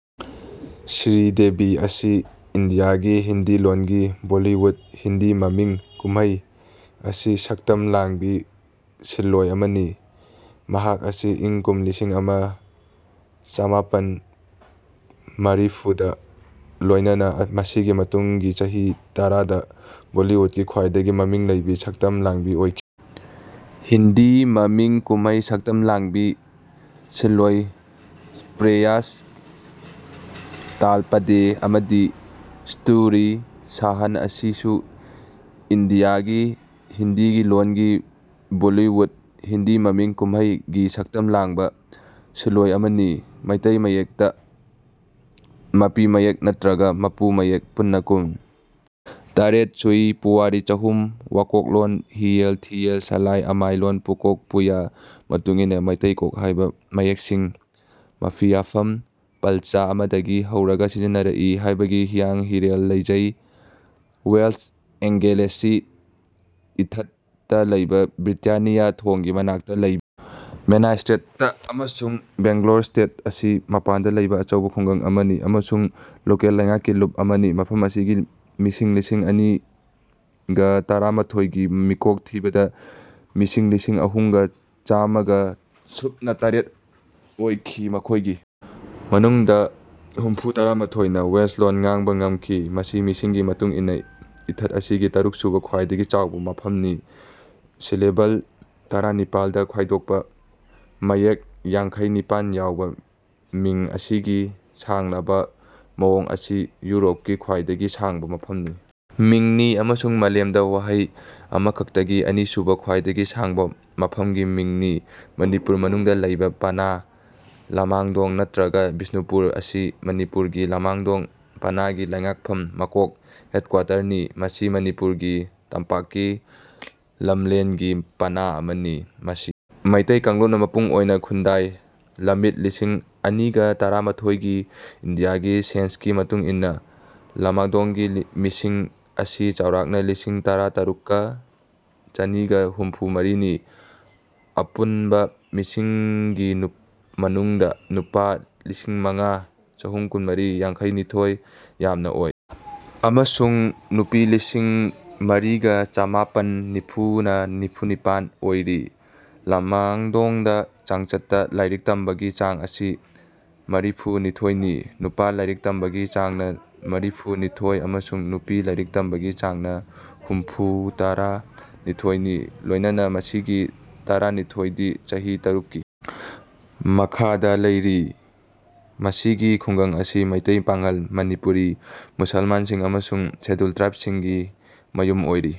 ꯁ꯭ꯔꯤꯗꯦꯚꯤ ꯑꯁꯤ ꯏꯟꯗꯤꯌꯥꯒꯤ ꯍꯤꯟꯗꯤ ꯂꯣꯟꯒꯤ ꯕꯣꯜꯂꯤꯋꯨꯗ (ꯍꯤꯟꯗꯤ ꯃꯃꯤ ꯀꯨꯝꯃꯩ)ꯒꯤ ꯁꯛꯇꯝ ꯂꯥꯡꯕꯤ ꯁꯤꯟꯂꯣꯢ ꯑꯃꯅꯤ꯫ ꯃꯍꯥꯛ ꯑꯁꯤ ꯏꯪ ꯀꯨꯝ ꯂꯤꯁꯤꯡ ꯑꯃꯒ ꯆꯃꯥꯄꯟ ꯃꯔꯤꯐꯨꯗ ꯂꯣꯢꯅꯅ ꯃꯁꯤꯒꯤ ꯃꯇꯨꯡꯒꯤ ꯆꯍꯤ ꯇꯔꯥꯗ ꯕꯣꯜꯂꯤꯋꯨꯗꯀꯤ ꯈ꯭ꯋꯥꯢꯗꯒꯤ ꯃꯃꯤꯡ ꯂꯩꯕꯤ ꯁꯛꯇꯝ ꯂꯥꯡꯕꯤ ꯑꯣꯢꯈꯤ꯫ ꯍꯤꯟꯗꯤ ꯃꯃꯤ ꯀꯨꯝꯃꯩ ꯁꯛꯇꯝ ꯂꯥꯡꯕꯤ ꯁꯤꯟꯂꯣꯢ ꯁ꯭ꯔꯦꯌꯥꯁ ꯇꯥꯜꯄꯥꯗꯦ ꯑꯃꯗꯤ ꯁ꯭ꯔꯨꯇꯤ ꯍꯥꯁꯟ ꯑꯁꯤꯁꯨ ꯏꯟꯗꯤꯌꯥꯒꯤ ꯍꯤꯟꯗꯤ ꯂꯣꯟꯒꯤ ꯕꯣꯜꯂꯤꯋꯨꯗ (ꯍꯤꯟꯗꯤ ꯃꯃꯤ ꯀꯨꯝꯃꯩ)ꯒꯤ ꯁꯛꯇꯝ ꯂꯥꯡꯕ ꯁꯤꯟꯂꯣꯢ ꯑꯃꯅꯤ꯫ ꯃꯤꯇꯩ ꯃꯌꯦꯛꯇ ꯃꯄꯤ ꯃꯌꯦꯛ ꯅꯠꯇ꯭ꯔꯒ ꯃꯄꯨꯝ ꯃꯌꯦꯛ ꯄꯨꯟꯅ ꯀꯨꯟ - ꯇꯔꯦꯠ ꯁꯨꯏ꯫ ꯄꯨꯋꯥꯔꯤ ꯆꯍꯨꯝ ꯋꯥꯀꯣꯛꯂꯣꯟ ꯍꯤꯂꯦꯜ ꯊꯤꯂꯦꯜ ꯁꯂꯥꯏ ꯑꯃꯥꯏꯂꯣꯟ ꯄꯨꯀꯣꯛ ꯄꯨꯌꯥ ꯃꯇꯨꯡꯏꯟꯅ ꯃꯤꯇꯩ ꯀꯣꯛ ꯍꯥꯏꯕ ꯃꯌꯦꯛꯁꯤ ꯃꯂꯤꯌꯥꯐꯝ ꯄꯥꯜꯆ ꯑꯃꯗꯒꯤ ꯍꯧꯔꯒ ꯁꯤꯖꯤꯟꯅꯔꯛꯏ ꯍꯥꯏꯕꯒꯤ ꯍꯤꯌꯥꯡ ꯍꯤꯔꯦꯜ ꯂꯩꯖꯩ꯫ ꯋꯦꯜꯁꯀꯤ "ꯑꯦꯡꯒꯦꯂꯦꯁꯤ ꯏꯊꯠ"ꯇ ꯂꯩꯕ ꯕ꯭ꯔꯤꯇꯥꯅꯤꯌꯥ ꯊꯣꯡꯒꯤ ꯃꯅꯥꯛꯇ ꯂꯩꯕ "ꯃꯦꯅꯥꯏ ꯁ꯭ꯇ꯭ꯔꯦꯠ"ꯇ ꯑꯃꯁꯨꯡ "ꯕꯦꯡꯒꯣꯔ ꯁ꯭ꯇ꯭ꯔꯦꯠ" ꯑꯁꯤ ꯃꯄꯥꯟꯗ ꯂꯩꯕ ꯑꯆꯧꯕ ꯈꯨꯡꯒꯪ ꯑꯃꯅꯤ ꯑꯃꯁꯨꯡ ꯂꯣꯀꯦꯜ ꯂꯩꯉꯥꯛꯀꯤ ꯂꯨꯞ ꯑꯃꯅꯤ꯫ ꯃꯐꯝ ꯑꯁꯤꯒꯤ ꯃꯤꯁꯤꯡ ꯑꯁꯤ ꯂꯤꯁꯤꯡ ꯑꯅꯤꯒ ꯇꯔꯥꯃꯥꯊꯣꯏ ꯒꯤ ꯃꯤꯀꯣꯛ ꯊꯤꯕꯗ ꯃꯤꯁꯤꯡ ꯂꯤꯁꯤꯡꯑꯍꯨꯝꯒ ꯆꯥꯃꯒ ꯁꯨꯞꯅ ꯇꯔꯦꯠ ꯑꯣꯏꯈꯤ꯫ ꯃꯈꯣꯢꯒꯤ ꯃꯅꯨꯡꯗ ꯍꯨꯝꯐꯨꯇꯔꯥ ꯃꯥꯊꯣꯏꯅ ꯋꯦꯜꯁ ꯂꯣꯟ ꯉꯥꯡꯕ ꯉꯝꯈꯤ꯫ ꯃꯁꯤ ꯃꯤꯁꯤꯡꯒꯤ ꯃꯇꯨꯡ ꯏꯟꯅ ꯏꯊꯠ ꯑꯁꯤꯒꯤ ꯇꯔꯨꯛꯁꯨꯕ ꯈ꯭ꯋꯥꯢꯗꯒꯤ ꯆꯥꯎꯕ ꯃꯐꯝꯅꯤ꯫ ꯁꯤꯂꯦꯕꯜ ꯇꯔꯥꯅꯤꯄꯥꯜꯗ ꯈꯥꯏꯗꯣꯛꯄ ꯃꯌꯦꯛ ꯌꯥꯡꯈꯩ ꯅꯤꯄꯥꯟ ꯌꯥꯎꯕ ꯃꯤꯡ ꯑꯁꯤꯒꯤ ꯁꯥꯡꯂꯕ ꯃꯑꯣꯡ ꯑꯁꯤ ꯌꯨꯔꯣꯞꯀꯤ ꯈ꯭ꯋꯥꯏꯗꯒꯤ ꯁꯥꯡꯕ "ꯃꯐꯝꯒꯤ ꯃꯤꯡ"ꯅꯤ ꯑꯃꯁꯨꯡ ꯃꯥꯂꯦꯝꯗ ꯋꯥꯍꯩ ꯑꯃꯈꯛꯇꯒꯤ ꯑꯅꯤꯁꯨꯕ ꯈ꯭ꯋꯥꯏꯗꯒꯤ ꯁꯥꯡꯕ "ꯃꯐꯝꯒꯤ ꯃꯤꯡ"ꯅꯤ꯫ ꯃꯅꯤꯄꯨꯔ ꯃꯅꯨꯡꯗ ꯂꯩꯕ ꯄꯅꯥ ꯂꯃꯥꯡꯗꯣꯡ ꯅꯠꯇ꯭ꯔꯒ ꯕꯤꯁ꯭ꯅꯨꯄꯨꯔ ꯑꯁꯤ ꯃꯅꯤꯄꯨꯔꯒꯤ ꯂꯃꯥꯡꯗꯣꯡ ꯄꯅꯥꯒꯤ ꯂꯩꯉꯥꯛꯐꯝ ꯃꯀꯣꯛ (ꯍꯦꯗꯀ꯭ꯋꯥꯔꯇꯔ) ꯅꯤ꯫ ꯃꯁꯤ ꯃꯅꯤꯄꯨꯔ ꯒꯤ ꯇꯝꯄꯥꯛꯀꯤ ꯂꯝꯂꯦꯟꯒꯤ ꯄꯅꯥ ꯑꯃꯅꯤ꯫ ꯃꯁꯤ ꯃꯤꯇꯩ ꯀꯥꯡꯂꯨꯞꯅ ꯃꯄꯨꯡ ꯑꯣꯢꯅ ꯈꯨꯟꯗꯥꯏ꯫ ꯂꯝꯃꯤꯠ ꯂꯤꯁꯤꯡ ꯑꯅꯤꯒ ꯇꯔꯥꯃꯥꯊꯣꯏꯒꯤ ꯏꯟꯗꯤꯌꯥꯒꯤ ꯁꯦꯟꯁꯁꯀꯤ ꯃꯇꯨꯡ ꯏꯟꯅ ꯂꯃꯥꯡꯗꯣꯡꯒꯤ ꯃꯤꯁꯤꯡ ꯑꯁꯤ ꯆꯥꯎꯔꯥꯛꯅ ꯂꯤꯁꯤꯡ ꯇꯔꯥꯇꯔꯨꯛꯀ ꯆꯅꯤꯒ ꯍꯨꯝꯐꯨ ꯃꯔꯤꯅꯤ꯫ ꯑꯄꯨꯟꯕ ꯃꯤꯁꯤꯡꯒꯤ ꯃꯅꯨꯡꯗ ꯅꯨꯄꯥ ꯂꯤꯁꯤꯡꯃꯉꯥ ꯆꯍꯨꯝ ꯀꯨꯟꯃꯔꯤꯅ ꯌꯥꯡꯈꯩ ꯅꯤꯊꯣꯢ ꯌꯥꯝꯅ ꯑꯣꯏꯔꯤ ꯑꯃꯁꯨꯡ ꯅꯨꯄꯤ ꯂꯤꯁꯤꯡꯃꯔꯤꯒ ꯆꯃꯥꯄꯟ ꯅꯤꯐꯨꯅ ꯅꯤꯐꯨꯅꯤꯄꯥꯟ ꯑꯣꯏꯔꯤ꯫ ꯂꯃꯥꯡꯗꯣꯡꯗ ꯆꯥꯡꯆꯠꯇ ꯂꯥꯏꯔꯤꯛ ꯇꯝꯕꯒꯤ ꯆꯥꯡ ꯑꯁꯤ ꯃꯔꯤꯐꯨ ꯅꯤꯊꯣꯏꯅꯤ꯫ ꯅꯨꯄꯥ ꯂꯥꯏꯔꯤꯛ ꯇꯝꯕꯒꯤ ꯆꯥꯡꯅ ꯃꯔꯤꯐꯨ ꯅꯤꯊꯣꯏ ꯑꯃꯁꯨꯡ ꯅꯨꯄꯤ ꯂꯥꯏꯔꯤꯛ ꯇꯝꯕꯒꯤ ꯆꯥꯡꯅ ꯍꯨꯝꯐꯨꯇꯔꯥ ꯅꯤꯊꯣꯏꯅꯤ ꯂꯣꯏꯅꯅ ꯃꯤꯁꯤꯡꯒꯤ ꯇꯔꯥꯅꯤꯊꯣꯏꯗꯤ ꯆꯍꯤ ꯇꯔꯨꯛꯀꯤ ꯃꯈꯥꯗꯥ ꯂꯩ꯫ ꯃꯁꯤꯒꯤ ꯈꯨꯡꯒꯪ ꯑꯁꯤ ꯃꯤꯇꯩ, ꯄꯥꯡꯒꯜ (ꯃꯅꯤꯄꯨꯔꯤ ꯃꯨꯁꯜꯃꯥꯟꯁꯤꯡ) ꯑꯃꯁꯨꯡ ꯁꯦꯗ꯭ꯌꯨꯜ ꯇ꯭ꯔꯥꯏꯕꯁꯤꯡꯒꯤ ꯃꯌꯨꯝ ꯑꯣꯏꯔꯤ꯫